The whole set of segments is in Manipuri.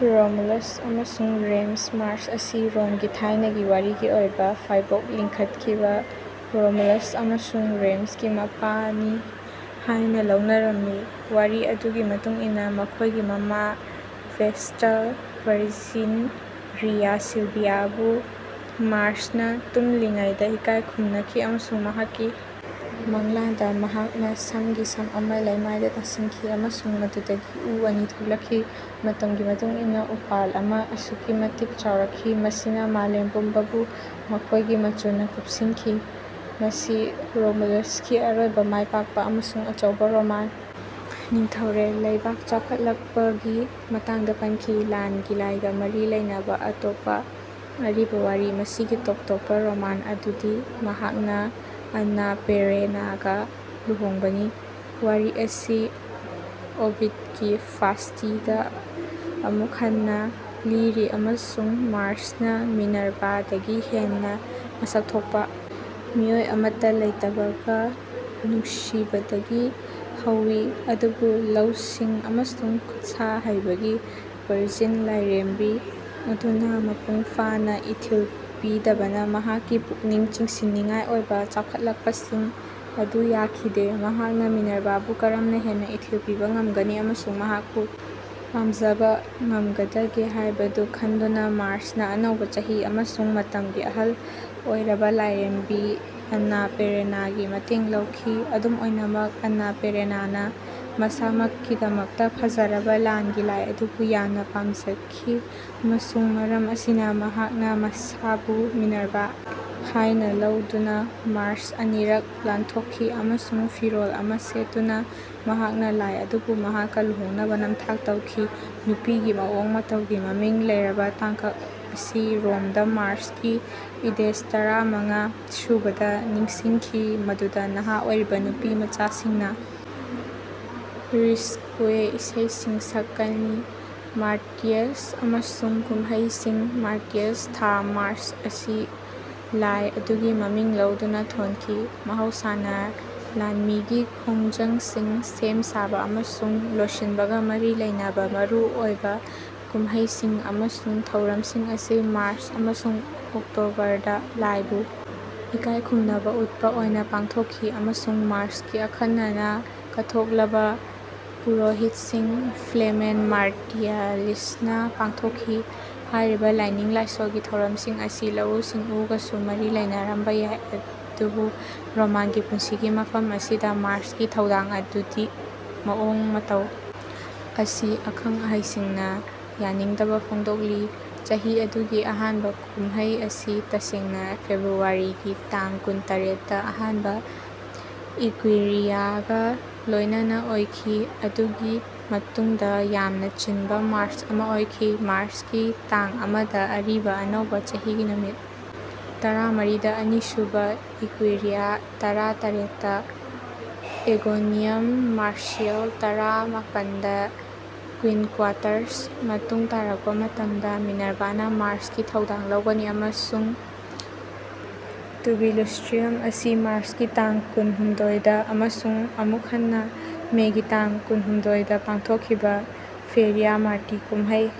ꯔꯣꯃꯨꯂꯁ ꯑꯃꯁꯨꯡ ꯔꯦꯃꯁ ꯃꯥꯔ꯭ꯁ ꯑꯁꯤ ꯔꯣꯝꯒꯤ ꯊꯥꯏꯅꯒꯤ ꯋꯥꯔꯤꯒꯤ ꯑꯣꯏꯕ ꯐꯥꯏꯕꯣꯛ ꯂꯤꯡꯈꯠꯈꯤꯕ ꯔꯣꯃꯨꯂꯁ ꯑꯃꯁꯨꯡ ꯔꯦꯃꯁꯀꯤ ꯃꯄꯥꯅꯤ ꯍꯥꯏꯅ ꯂꯧꯅꯔꯝꯃꯤ꯫ ꯋꯥꯔꯤ ꯑꯗꯨꯒꯤ ꯃꯇꯨꯡ ꯏꯟꯅ ꯃꯈꯣꯏꯒꯤ ꯃꯃꯥ ꯚꯦꯁ꯭ꯇꯜ ꯚꯔꯖꯤꯟ ꯔꯤꯌꯥ ꯁꯤꯜꯚꯤꯌꯥꯕꯨ ꯃꯥꯔ꯭ꯁꯅ ꯇꯨꯝꯂꯤꯉꯩꯗ ꯏꯀꯥꯏ ꯈꯨꯝꯅꯈꯤ ꯑꯃꯁꯨꯡ ꯃꯍꯥꯛꯀꯤ ꯃꯪꯂꯥꯟꯗ ꯃꯍꯥꯛꯅ ꯁꯝꯒꯤ ꯁꯝ ꯑꯃ ꯂꯩꯃꯥꯏꯗ ꯇꯥꯁꯤꯟꯈꯤ ꯑꯃꯁꯨꯡ ꯃꯗꯨꯗꯒꯤ ꯎ ꯑꯅꯤ ꯊꯣꯛꯂꯛꯈꯤ꯫ ꯃꯇꯝꯒꯤ ꯃꯇꯨꯡ ꯏꯟꯅ ꯎꯄꯥꯜ ꯑꯃ ꯑꯁꯨꯛꯀꯤ ꯃꯇꯤꯛ ꯆꯥꯎꯔꯛꯈꯤ ꯃꯁꯤꯅ ꯃꯥꯂꯦꯝ ꯄꯨꯝꯕꯕꯨ ꯃꯈꯣꯏꯒꯤ ꯃꯆꯨꯅ ꯀꯨꯞꯁꯤꯟꯈꯤ ꯃꯁꯤ ꯔꯣꯃꯨꯂꯁꯀꯤ ꯑꯔꯣꯏꯕ ꯃꯥꯏꯄꯥꯛꯄ ꯑꯃꯁꯨꯡ ꯑꯆꯧꯕ ꯔꯣꯃꯥꯟ ꯅꯤꯡꯊꯧꯔꯦꯜ ꯂꯩꯕꯥꯛ ꯆꯥꯎꯈꯠꯂꯛꯄꯒꯤ ꯃꯇꯥꯡꯗ ꯄꯟꯈꯤ꯫ ꯂꯥꯟꯒꯤ ꯂꯥꯏꯒ ꯃꯔꯤ ꯂꯩꯅꯕ ꯑꯇꯣꯞꯄ ꯑꯔꯤꯕ ꯋꯥꯔꯤ ꯃꯁꯤꯒꯤ ꯇꯣꯞ-ꯇꯣꯞꯄ ꯔꯣꯃꯥꯟ ꯑꯗꯨꯗꯤ ꯃꯍꯥꯛꯅ ꯑꯟꯅꯥ ꯄꯦꯔꯦꯅꯥꯒ ꯂꯨꯍꯣꯡꯕꯅꯤ꯫ ꯋꯥꯔꯤ ꯑꯁꯤ ꯑꯣꯕꯤꯗꯀꯤ ꯐꯥꯁ꯭ꯇꯤꯗ ꯑꯃꯨꯛ ꯍꯟꯅ ꯂꯤꯔꯤ ꯑꯃꯁꯨꯡ ꯃꯥꯔ꯭ꯁꯅ ꯃꯤꯅꯔꯚꯥꯗꯒꯤ ꯍꯦꯟꯅ ꯃꯁꯛ ꯊꯣꯛꯄ ꯃꯤꯑꯣꯏ ꯑꯃꯠꯇ ꯂꯩꯇꯕꯒ ꯅꯨꯡꯁꯤꯕꯗꯒꯤ ꯍꯧꯏ ꯑꯗꯨꯕꯨ ꯂꯧꯁꯤꯡ ꯑꯃꯁꯨꯡ ꯈꯨꯠꯁꯥ ꯍꯩꯕꯒꯤ ꯚꯔꯖꯤꯟ ꯂꯥꯏꯔꯦꯝꯕꯤ ꯑꯗꯨꯅ ꯃꯄꯨꯡ ꯐꯥꯅ ꯏꯊꯤꯜ ꯄꯤꯗꯕꯅ ꯃꯍꯥꯛꯀꯤ ꯄꯨꯛꯅꯤꯡ ꯆꯤꯡꯁꯤꯟꯅꯤꯡꯉꯥꯏ ꯑꯣꯏꯕ ꯆꯥꯎꯈꯠꯂꯛꯄꯁꯤꯡ ꯑꯗꯨ ꯌꯥꯈꯤꯗꯦ꯫ ꯃꯍꯥꯛꯅ ꯃꯤꯅꯔꯚꯥꯕꯨ ꯀꯔꯝꯅ ꯍꯦꯟꯅ ꯏꯊꯤꯜ ꯄꯤꯕ ꯉꯝꯒꯅꯤ ꯑꯃꯁꯨꯡ ꯃꯍꯥꯛꯄꯨ ꯄꯥꯝꯖꯕ ꯉꯝꯒꯗꯒꯦ ꯍꯥꯏꯕꯗꯨ ꯈꯟꯗꯨꯅ ꯃꯥꯔ꯭ꯁꯅ ꯑꯅꯧꯕ ꯆꯍꯤ ꯑꯃꯁꯨꯡ ꯃꯇꯝꯒꯤ ꯑꯍꯜ ꯑꯣꯏꯔꯕ ꯂꯥꯏꯔꯦꯝꯕꯤ ꯑꯟꯅꯥ ꯄꯦꯔꯦꯅꯥꯒꯤ ꯃꯇꯦꯡ ꯂꯧꯈꯤ꯫ ꯑꯗꯨꯝ ꯑꯣꯏꯅꯃꯛ ꯑꯟꯅꯥ ꯄꯦꯔꯦꯅꯥꯅ ꯃꯁꯥꯃꯛꯀꯤꯗꯃꯛꯇ ꯐꯖꯔꯕ ꯂꯥꯟꯒꯤ ꯂꯥꯏ ꯑꯗꯨꯕꯨ ꯌꯥꯝꯅ ꯄꯥꯝꯖꯈꯤ ꯑꯃꯁꯨꯡ ꯃꯔꯝ ꯑꯁꯤꯅ ꯃꯍꯥꯛꯅ ꯃꯁꯥꯕꯨ ꯃꯤꯅꯔꯚꯥ ꯍꯥꯏꯅ ꯂꯧꯗꯨꯅ ꯃꯥꯔ꯭ꯁ ꯑꯅꯤꯔꯛ ꯂꯥꯟꯊꯣꯛꯈꯤ ꯑꯃꯁꯨꯡ ꯐꯤꯔꯣꯜ ꯑꯃ ꯁꯦꯠꯇꯨꯅ ꯃꯍꯥꯛꯅ ꯂꯥꯏ ꯑꯗꯨꯕꯨ ꯃꯍꯥꯛꯀ ꯂꯨꯍꯣꯡꯅꯕ ꯅꯝꯊꯥꯛ ꯇꯧꯈꯤ꯫ ꯅꯨꯄꯤꯒꯤ ꯃꯑꯣꯡ ꯃꯇꯧꯒꯤ ꯃꯃꯤꯡ ꯂꯩꯔꯕ ꯇꯥꯡꯀꯛ ꯑꯁꯤ ꯔꯣꯝꯗ ꯃꯥꯔ꯭ꯆꯀꯤ ꯏꯗꯦꯁ ꯇꯔꯥꯃꯉꯥ ꯁꯨꯕꯗ ꯅꯤꯡꯁꯤꯡꯈꯤ ꯃꯗꯨꯗ ꯅꯍꯥ ꯑꯣꯏꯔꯤꯕ ꯅꯨꯄꯤꯃꯆꯥꯁꯤꯡꯅ ꯔꯤꯁ꯭ꯀ꯭ꯋꯦ ꯏꯁꯩꯁꯤꯡ ꯁꯛꯀꯅꯤ꯫ ꯃꯥꯔꯇꯤꯌꯁ ꯑꯃꯁꯨꯡ ꯀꯨꯝꯍꯩꯁꯤꯡ ꯃꯥꯔꯇꯤꯌꯁ ꯊꯥ ꯃꯥꯔ꯭ꯆ ꯑꯁꯤ ꯂꯥꯏ ꯑꯗꯨꯒꯤ ꯃꯃꯤꯡ ꯂꯧꯗꯨꯅ ꯊꯣꯟꯈꯤ꯫ ꯃꯍꯧꯁꯥꯅ ꯂꯥꯟꯃꯤꯒꯤ ꯈꯣꯡꯖꯪꯁꯤꯡ ꯁꯦꯝ ꯁꯥꯕ ꯑꯃꯁꯨꯡ ꯂꯣꯏꯁꯤꯟꯕꯒ ꯃꯔꯤ ꯂꯩꯅꯕ ꯃꯔꯨꯑꯣꯏꯕ ꯀꯨꯝꯍꯩꯁꯤꯡ ꯑꯃꯁꯨꯡ ꯊꯧꯔꯝꯁꯤꯡ ꯑꯁꯤ ꯃꯥꯔ꯭ꯆ ꯑꯃꯁꯨꯡ ꯑꯣꯛꯇꯣꯕꯔꯗ ꯂꯥꯏꯕꯨ ꯏꯀꯥꯏ ꯈꯨꯝꯅꯕ ꯎꯠꯄ ꯑꯣꯏꯅ ꯄꯥꯡꯊꯣꯛꯈꯤ ꯑꯃꯁꯨꯡ ꯃꯥꯔ꯭ꯁꯀꯤ ꯑꯈꯟꯅꯅ ꯀꯠꯊꯣꯛꯂꯕ ꯄꯨꯔꯣꯍꯤꯠꯁꯤꯡ ꯐ꯭ꯂꯦꯃꯦꯟ ꯃꯥꯔꯇꯤꯌꯥꯂꯤꯁꯅ ꯄꯥꯡꯊꯣꯛꯈꯤ꯫ ꯍꯥꯏꯔꯤꯕ ꯂꯥꯏꯅꯤꯡ ꯂꯥꯏꯁꯣꯜꯒꯤ ꯊꯧꯔꯝꯁꯤꯡ ꯑꯁꯤ ꯂꯧꯎ ꯁꯤꯡꯎꯒꯁꯨ ꯃꯔꯤ ꯂꯩꯅꯔꯝꯕ ꯌꯥꯏ ꯑꯗꯨꯕꯨ ꯔꯣꯃꯥꯟꯒꯤ ꯄꯨꯟꯁꯤꯒꯤ ꯃꯐꯝ ꯑꯁꯤꯗ ꯃꯥꯔ꯭ꯁꯀꯤ ꯊꯧꯗꯥꯡ ꯑꯗꯨꯒꯤ ꯃꯑꯣꯡ ꯃꯇꯧ ꯑꯁꯤ ꯑꯈꯪ ꯑꯍꯩꯁꯤꯡꯅ ꯌꯥꯅꯤꯡꯗꯕ ꯐꯣꯡꯗꯣꯛꯂꯤ꯫ ꯆꯍꯤ ꯑꯗꯨꯒꯤ ꯑꯍꯥꯟꯕ ꯀꯨꯝꯍꯩ ꯑꯁꯤ ꯇꯁꯦꯡꯅ ꯐꯦꯕ꯭ꯔꯨꯋꯥꯔꯤꯒꯤ ꯇꯥꯡ ꯀꯨꯟꯇꯔꯦꯠꯇ ꯑꯍꯥꯟꯕ ꯏꯀ꯭ꯋꯤꯔꯤꯌꯥꯒ ꯂꯣꯏꯅꯅ ꯑꯣꯏꯈꯤ ꯃꯗꯨꯒꯤ ꯃꯇꯨꯡꯗ ꯌꯥꯝꯅ ꯆꯤꯟꯕ ꯃꯥꯔ꯭ꯆ ꯑꯃ ꯑꯣꯏꯈꯤ꯫ ꯃꯥꯔ꯭ꯆꯀꯤ ꯇꯥꯡ ꯑꯃ ꯗ ꯑꯔꯤꯕ ꯑꯅꯧꯕ ꯆꯍꯤꯒꯤ ꯅꯨꯃꯤꯠ ꯇꯔꯥꯃꯔꯤꯗ ꯑꯅꯤꯁꯨꯕ ꯏꯀ꯭ꯋꯤꯔꯤꯌꯥ ꯇꯔꯥ ꯇꯔꯦꯠꯇ ꯑꯦꯒꯣꯅꯤꯌꯝ ꯃꯥꯔꯁꯤꯌꯦꯜ ꯇꯔꯥ ꯃꯥꯄꯟꯗ ꯀ꯭ꯋꯤꯟꯀ꯭ꯋꯥꯇ꯭ꯔꯁ ꯃꯇꯨꯡ ꯇꯥꯔꯛꯄ ꯃꯇꯝꯗ ꯃꯤꯅꯔꯚꯥꯅ ꯃꯥꯔ꯭ꯁꯀꯤ ꯊꯧꯗꯥꯡ ꯂꯧꯒꯅꯤ ꯑꯃꯁꯨꯡ ꯇꯨꯕꯤꯂꯨꯁ꯭ꯇ꯭ꯔꯤꯌꯝ ꯑꯁꯤ ꯃꯥꯔ꯭ꯆꯀꯤ ꯇꯥꯡ ꯀꯨꯟꯍꯨꯝꯗꯣꯏꯗ ꯑꯃꯁꯨꯡ ꯑꯃꯨꯛ ꯍꯟꯅ ꯃꯦꯒꯤ ꯇꯥꯡ ꯀꯨꯟꯍꯨꯝꯗꯣꯏꯗ ꯄꯥꯡꯊꯣꯛꯈꯤꯕ ꯐꯦꯔꯤꯌꯥ ꯃꯥꯔꯇꯤ ꯀꯨꯝꯍꯩ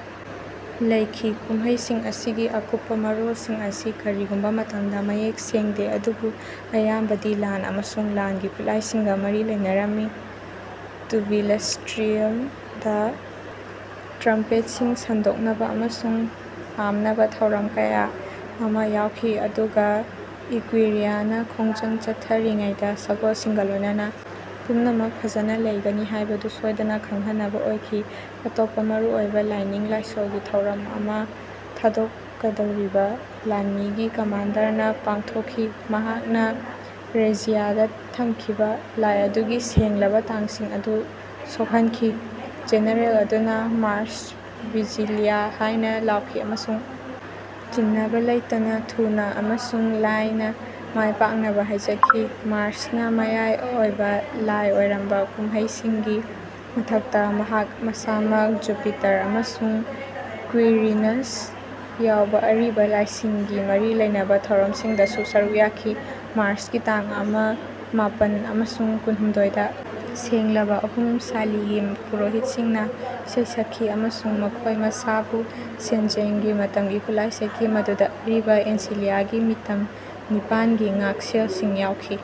ꯂꯩꯈꯤ꯫ ꯀꯨꯝꯍꯩꯁꯤꯡ ꯑꯁꯤꯒꯤ ꯑꯀꯨꯞꯄ ꯃꯔꯣꯜꯁꯤꯡ ꯑꯁꯤ ꯀꯔꯤꯒꯨꯝꯕ ꯃꯇꯝꯗ ꯃꯌꯦꯛ ꯁꯦꯡꯗꯦ ꯑꯗꯨꯕꯨ ꯑꯌꯥꯝꯕꯗꯤ ꯂꯥꯟ ꯑꯃꯁꯨꯡ ꯂꯥꯟꯒꯤ ꯈꯨꯠꯂꯥꯏꯁꯤꯡꯒ ꯃꯔꯤ ꯂꯩꯅꯔꯝꯃꯤ꯫ ꯇꯨꯕꯤꯂꯁ꯭ꯇ꯭ꯔꯤꯌꯝꯗ ꯇ꯭ꯔꯝꯄꯦꯠꯁꯤꯡ ꯁꯦꯡꯗꯣꯛꯅꯕ ꯑꯃꯁꯨꯡ ꯄꯥꯝꯅꯕ ꯊꯧꯔꯝ ꯀꯌꯥ ꯑꯃ ꯌꯥꯎꯈꯤ ꯑꯗꯨꯒ ꯏꯀ꯭ꯋꯤꯔꯤꯌꯥꯅ ꯈꯣꯡꯖꯪ ꯆꯠꯊꯔꯤꯉꯩꯗ ꯁꯒꯣꯜꯁꯤꯡꯒ ꯂꯣꯏꯅꯅ ꯄꯨꯝꯅꯃꯛ ꯐꯖꯅ ꯂꯩꯒꯅꯤ ꯍꯥꯏꯕꯗꯨ ꯁꯣꯏꯗꯅ ꯈꯪꯍꯟꯅꯕ ꯑꯣꯏꯈꯤ꯫ ꯑꯇꯣꯞꯄ ꯃꯔꯨꯑꯣꯏꯕ ꯂꯥꯏꯅꯤꯡ ꯂꯥꯏꯁꯣꯜꯒꯤ ꯊꯧꯔꯝ ꯑꯃ ꯊꯥꯗꯣꯛꯀꯗꯧꯔꯤꯕ ꯂꯥꯟꯃꯤꯒꯤ ꯀꯃꯥꯟꯗꯔꯅ ꯄꯥꯡꯊꯣꯛꯈꯤ ꯃꯍꯥꯛꯅ ꯔꯦꯖꯤꯌꯥꯗ ꯊꯝꯈꯤꯕ ꯂꯥꯏ ꯑꯗꯨꯒꯤ ꯁꯦꯡꯂꯕ ꯇꯥꯡꯁꯤꯡ ꯑꯗꯨ ꯁꯣꯛꯍꯟꯈꯤ꯫ ꯖꯦꯅꯔꯦꯜ ꯑꯗꯨꯅ ꯃꯥꯔ꯭ꯁ ꯚꯤꯖꯤꯂꯤꯌꯥ ꯍꯥꯏꯅ ꯂꯥꯎꯈꯤ ꯑꯃꯁꯨꯡ ꯆꯤꯡꯅꯕ ꯂꯩꯇꯅ ꯊꯨꯅ ꯑꯃꯁꯨꯡ ꯂꯥꯏꯅ ꯃꯥꯏꯄꯥꯛꯅꯕ ꯍꯥꯏꯖꯈꯤ꯫ ꯃꯥꯔ꯭ꯁꯅ ꯃꯌꯥꯏ ꯑꯣꯏꯕ ꯂꯥꯏ ꯑꯣꯏꯔꯝꯕ ꯀꯨꯝꯍꯩꯁꯤꯡꯒꯤ ꯃꯊꯛꯇ ꯃꯍꯥꯛ ꯃꯁꯥꯃꯛ ꯖꯨꯄꯤꯇꯔ ꯑꯃꯁꯨꯡ ꯀ꯭ꯋꯤꯔꯤꯅꯁ ꯌꯥꯎꯕ ꯑꯔꯤꯕ ꯂꯥꯏꯁꯤꯡꯒꯤ ꯃꯔꯤ ꯂꯩꯅꯕ ꯊꯧꯔꯝꯁꯤꯡꯗꯁꯨ ꯁꯔꯨꯛ ꯌꯥꯈꯤ꯫ ꯃꯥꯔ꯭ꯆꯀꯤ ꯇꯥꯡ ꯑꯃ ꯃꯥꯄꯟ ꯑꯃꯁꯨꯡ ꯀꯨꯟꯍꯨꯝꯗꯣꯏꯗ ꯁꯦꯡꯂꯕ ꯑꯍꯨꯝ ꯁꯥꯂꯤꯒꯤ ꯄꯨꯔꯣꯍꯤꯠꯁꯤꯡꯅ ꯏꯁꯩ ꯁꯛꯈꯤ ꯑꯃꯁꯨꯡ ꯃꯈꯣꯏ ꯃꯁꯥꯕꯨ ꯁꯦꯟꯖꯦꯡꯒꯤ ꯃꯇꯝꯒꯤ ꯈꯨꯠꯂꯥꯏ ꯁꯦꯠꯈꯤ ꯃꯗꯨꯗ ꯑꯔꯤꯕ ꯑꯦꯟꯁꯤꯂꯤꯌꯥꯒꯤ ꯃꯤꯇꯝ ꯅꯤꯄꯥꯟꯒꯤ ꯉꯥꯛꯁꯦꯜꯁꯤꯡ ꯌꯥꯎꯈꯤ꯫